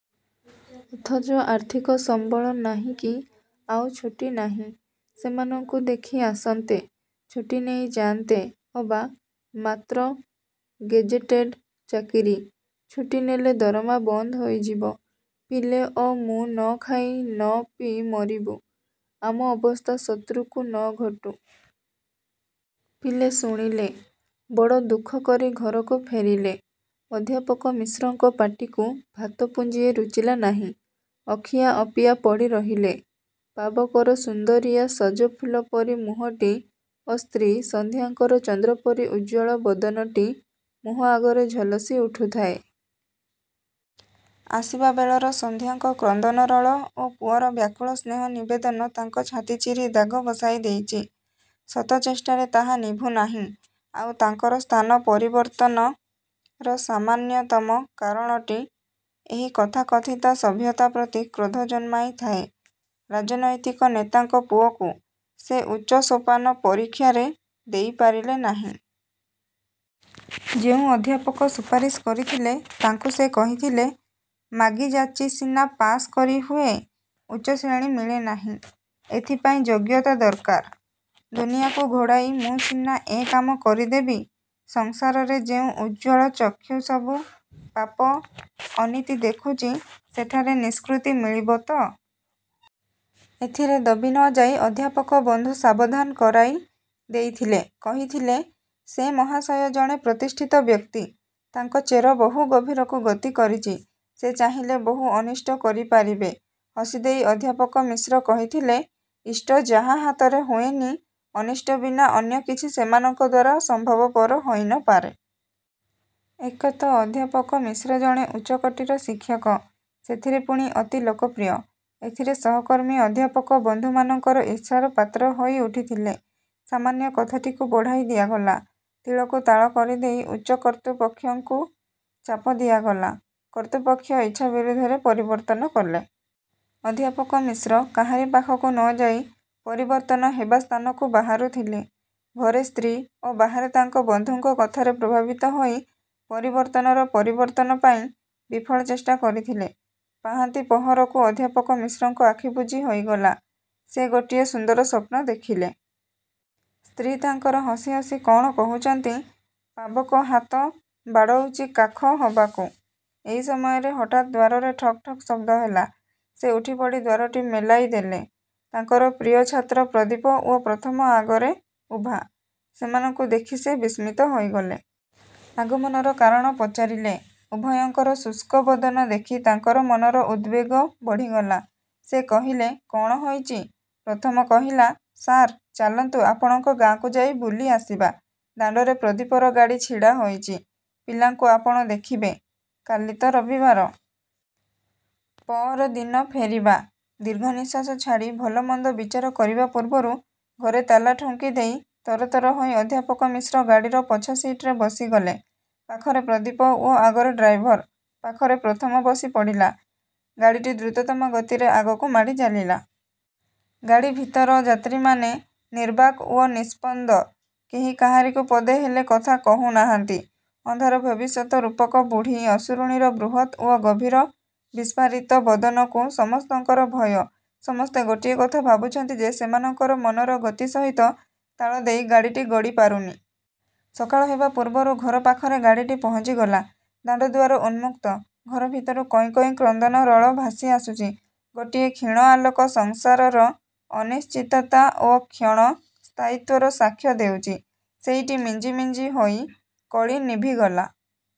ଅଥଚ ଆର୍ଥିକ ସମ୍ବଳ ନାହିଁ କି ଆଉ ଛୁଟୀ ନାହିଁ ସେମାନଙ୍କୁ ଦେଖି ଆସନ୍ତେ। ଛୁଟୀ ନେଇ ଯାଆନ୍ତେ ଅବା, ମାତ୍ର ଗେଜେଟେଡ଼ ଚାକିରୀ। ଛୁଟି ନେଲେ ଦରମା ବନ୍ଦ ହୋଇଯିବ। ପିଲେ ଓ ମୁଁ ନ ଖାଇ ନ ପିଇ ମରିବୁ। ଆମ ଅବସ୍ଥା ଶତ୍ରୁ କୁ ନ ଘଟୁ। ପିଲେ ଶୁଣିଲେ। ବଡ଼ ଦୁଃଖ କରି ଘରକୁ ଫେରିଲେ। ଅଧ୍ୟାପକ ମିଶ୍ରଙ୍କ ପାଟିକୁ ଭାତ ପୁଞ୍ଜିଏ ରୁଚିଲା ନାହିଁ। ଅଖିଆ ଅପିଆ ପଡ଼ି ରହିଲେ। ପାବକର ସୁନ୍ଦରିଆ ସଜ ଫୁଲ ପରି ମୁହଁଟି ଓ ସ୍ତ୍ରୀ ସନ୍ଧ୍ୟାଙ୍କର ଚନ୍ଦ୍ର ପରି ଉଜ୍ଜ୍ୱଳ ବଦନଟି ମୁହଁ ଆଗରେ ଝଲସି ଉଠୁଥାଏ। ଆସିବାବେଳର ସନ୍ଧ୍ୟାଙ୍କ କ୍ରନ୍ଦନ ରୋଳ ଓ ପୁଅର ବ୍ୟାକୁଳ ସ୍ନେହ ନିବେଦନ ତାଙ୍କ ଛାତି ଚିରି ଦାଗ ବସାଇ ଦେଇଚି। ଶତ ଚେଷ୍ଟାରେ ତାହା ନିଭୁନାହିଁ। ଆଉ ତାଙ୍କର ସ୍ଥାନ ପରିବର୍ତ୍ତନର ସାମାନ୍ୟତମ କାରଣଟି ଏହି ତଥାକଥିତ ସଭ୍ୟତା ପ୍ରତି କ୍ରୋଧ ଜନ୍ମାଇଥାଏ। ରାଜନୈତିକ ନେତାଙ୍କ ପୁଅକୁ ସେ ଉଚ୍ଚ ସୋପାନ ପରୀକ୍ଷାରେ ଦେଇପାରିଲେ ନାହିଁ। ଯେଉଁ ଅଧ୍ୟାପକ ସୁପାରିଶ କରିଥିଲେ, ତାଙ୍କୁ ସେ କହିଥିଲେ-ମାଗି ଯାଚି ସିନା ପାଶ୍ କରି ହୁଏ, ଉଚ୍ଚଶ୍ରେଣୀ ମିଳେ ନାହିଁ। ଏଥିପାଇଁ ଯୋଗ୍ୟତା ଦର୍କାର। ଦୁନିଆକୁ ଘୋଡ଼ାଇ ମୁଁ ସିନା ଏ କାମ କରିଦେବି, ସଂସାରରେ ଯେଉଁ ଉଜ୍ଜ୍ୱଳ ଚକ୍ଷୁ ସବୁ ପାପ ଅନୀତି ଦେଖୁଚି, ସେଠାରେ ନିଷ୍କୃତି ମିଳିବ ତ! ଏଥିରେ ଦବି ନ ଯାଇ ଅଧ୍ୟାପକ ବନ୍ଧୁ ସାବଧାନ କରାଇ ଦେଇଥିଲେ। କହିଥିଲେ-ସେ ମହାଶୟ ଜଣେ ପ୍ରତିଷ୍ଠିତ ବ୍ୟକ୍ତି। ତାଙ୍କ ଚେର ବହୁ ଗଭୀରକୁ ଗତି କରିଚି। ସେ ଚାହିଁଲେ ବହୁ ଅନିଷ୍ଟ କରି ପାରିବେ। ହସି ଦେଇ ଅଧ୍ୟାପକ ମିଶ୍ର କହିଥିଲେ-ଇଷ୍ଟ ଯାହା ହାତରେ ହୁଏନି, ଅନିଷ୍ଟ ବିନା ଅନ୍ୟ କିଛି ସେମାନଙ୍କ ଦ୍ୱାରା ସମ୍ଭବପର ହୋଇ ନ ପାରେ। ଏକେ ତ ଅଧ୍ୟାପକ ମିଶ୍ର ଜଣେ ଉଚ୍ଚକୋଟୀର ଶିକ୍ଷକ। ସେଥିରେ ପୁଣି ଅତି ଲୋକପ୍ରିୟ। ଏଥିରେ ସହକର୍ମୀ ଅଧ୍ୟାପକ ବନ୍ଧୁମାନଙ୍କର ଈର୍ଷାର ପାତ୍ର ହୋଇ ଉଠିଥିଲେ। ସାମାନ୍ୟ କଥାଟିକୁ ବଢ଼ାଇ ଦିଆଗଲା। ତିଳକୁ ତାଳ କରିଦେଇ ଉଚ୍ଚ କର୍ତ୍ତୃପକ୍ଷଙ୍କୁ ଚାପ ଦିଆଗଲା-। କର୍ତ୍ତୃପକ୍ଷ ଇଚ୍ଛା ବିରୁଦ୍ଧରେ ପରିବର୍ତ୍ତନ କଲେ। ଅଧ୍ୟାପକ ମିଶ୍ର କାହାରି ପାଖକୁ ନ ଯାଇ ପରିବର୍ତ୍ତନ ହେବା ସ୍ଥାନକୁ ବାହାରୁଥିଲେ। ଘରେ ସ୍ତ୍ରୀ ଓ ବାହାରେ ତାଙ୍କ ବନ୍ଧୁଙ୍କ କଥାରେ ପ୍ରଭାବିତ ହୋଇ ପରିବର୍ତ୍ତନର ପରିବର୍ତ୍ତନ ପାଇଁ ବିଫଳ ଚେଷ୍ଟା କରିଥିଲେ। ପାହାନ୍ତି ପହରକୁ ଅଧ୍ୟାପକ ମିଶ୍ରଙ୍କ ଆଖି ବୁଜି ହୋଇଗଲା। ସେ ଗୋଟିଏ ସୁନ୍ଦର ସ୍ୱପ୍ନ ଦେଖିଲେ। ସ୍ତ୍ରୀ ତାଙ୍କର ହସି ହସି କ'ଣ କହୁଚନ୍ତି। ପାବକ ହାତ ବାଡ଼ଉଚି କାଖ ହବାକୁ। ଏଇ ସମୟରେ ହଠାତ୍ ଦ୍ୱାରରେ ଠକ୍ ଠକ୍ ଶବ୍ଦ ହେଲା। ସେ ଉଠିପଡ଼ି ଦ୍ୱାରଟି ମେଲାଇ ଦେଲେ-। ତାଙ୍କର ପ୍ରିୟ ଛାତ୍ର ପ୍ରଦୀପ ଓ ପ୍ରଥମ ଆଗରେ ଉଭା। ସେମାନଙ୍କୁ ଦେଖି ସେ ବିସ୍ମିତ ହୋଇଗଲେ। ଆଗମନର କାରଣ ପଚାରିଲେ। ଉଭୟଙ୍କର ଶୁଷ୍କ ବଦନ ଦେଖି ତାଙ୍କର ମନର ଉଦବେଗ ବଢ଼ିଗଲା। ସେ କହିଲେ-କଣ ହୋଇଚି? ପ୍ରମଥ କହିଲା-ସାର୍, ଚାଲନ୍ତୁ ଆପଣଙ୍କ ଗାଁକୁ ଯାଇ ବୁଲି ଆସିବା। ଦାଣ୍ଡରେ ପ୍ରଦୀପର ଗାଡ଼ି ଛିଡ଼ା ହୋଇଚି। ପିଲାଙ୍କୁ ଆପଣ ଦେଖିବେ। କାଲି ତ ରବିବାର। ପଅର ଦିନ ଫେରିବା। ଦୀର୍ଘ ନିଶ୍ୱାସ ଛାଡ଼ି ଭଲ ମନ୍ଦ ବିଚାର କରିବା ପୂର୍ବରୁ ଘରେ ତାଲା ଠୁଙ୍କିଦେଇ ତରତର ହୋଇ ଅଧ୍ୟାପକ ମିଶ୍ର ଗାଡ଼ିର ପଛ ସିଟରେ ବସିଗଲେ। ପାଖରେ ପ୍ରଦୀପ ଓ ଆଗରେ ଡ୍ରାଇଭର ପାଖରେ ପ୍ରମଥ ବସି ପଡ଼ିଲା। ଗାଡ଼ିଟି ଦ୍ରୁତତମ ଗତିରେ ଆଗକୁ ମାଡ଼ି ଚାଲିଲା। ଗାଡ଼ି ଭିତର ଯାତ୍ରୀମାନେ ନିର୍ବାକ୍ ଓ ନିସ୍ପନ୍ଦ। କେହି କାହାରିକୁ ପଦେ ହେଲେ କଥା କହୁ ନାହାନ୍ତି। ଅନ୍ଧାର ଭବିଷ୍ୟତ ରୂପକ ବୁଢ଼ୀ ଅସୁରୁଣୀର ବୃହତ୍ ଓ ଗଭୀର ବିସ୍ଫାରିତ ବଦନକୁ ସମସ୍ତଙ୍କର ଭୟ। ସମସ୍ତେ ଗୋଟିଏ କଥା ଭାବୁଚନ୍ତି ଯେ ସେମାନଙ୍କର ମନର ଗତି ସହିତ ତାଳ ଦେଇ ଗାଡ଼ିଟି ଗଡ଼ି ପାରୁନି। ସକାଳ ହେବା ପୂର୍ବରୁ ଘର ପାଖରେ ଗାଡ଼ିଟି ପହଞ୍ଚିଗଲା। ଦାଣ୍ଡ ଦୁଆର ଉନ୍ମୁକ୍ତ। ଘର ଭିତରୁ କଇଁ କଇଁ କ୍ରନ୍ଦନରୋଳ ଭାସି ଆସୁଚି। ଗୋଟିଏ କ୍ଷୀଣ ଆଲୋକ ସଂସାରର ଅନିଶ୍ଚିତତା ଓ କ୍ଷଣ ସ୍ଥାୟିତ୍ୱର ସାକ୍ଷ୍ୟ ଦେଉଚି। ସେଇଟି ମିଞ୍ଜି ମିଞ୍ଜି ହୋଇ କଳି ନିଭିଗଲା।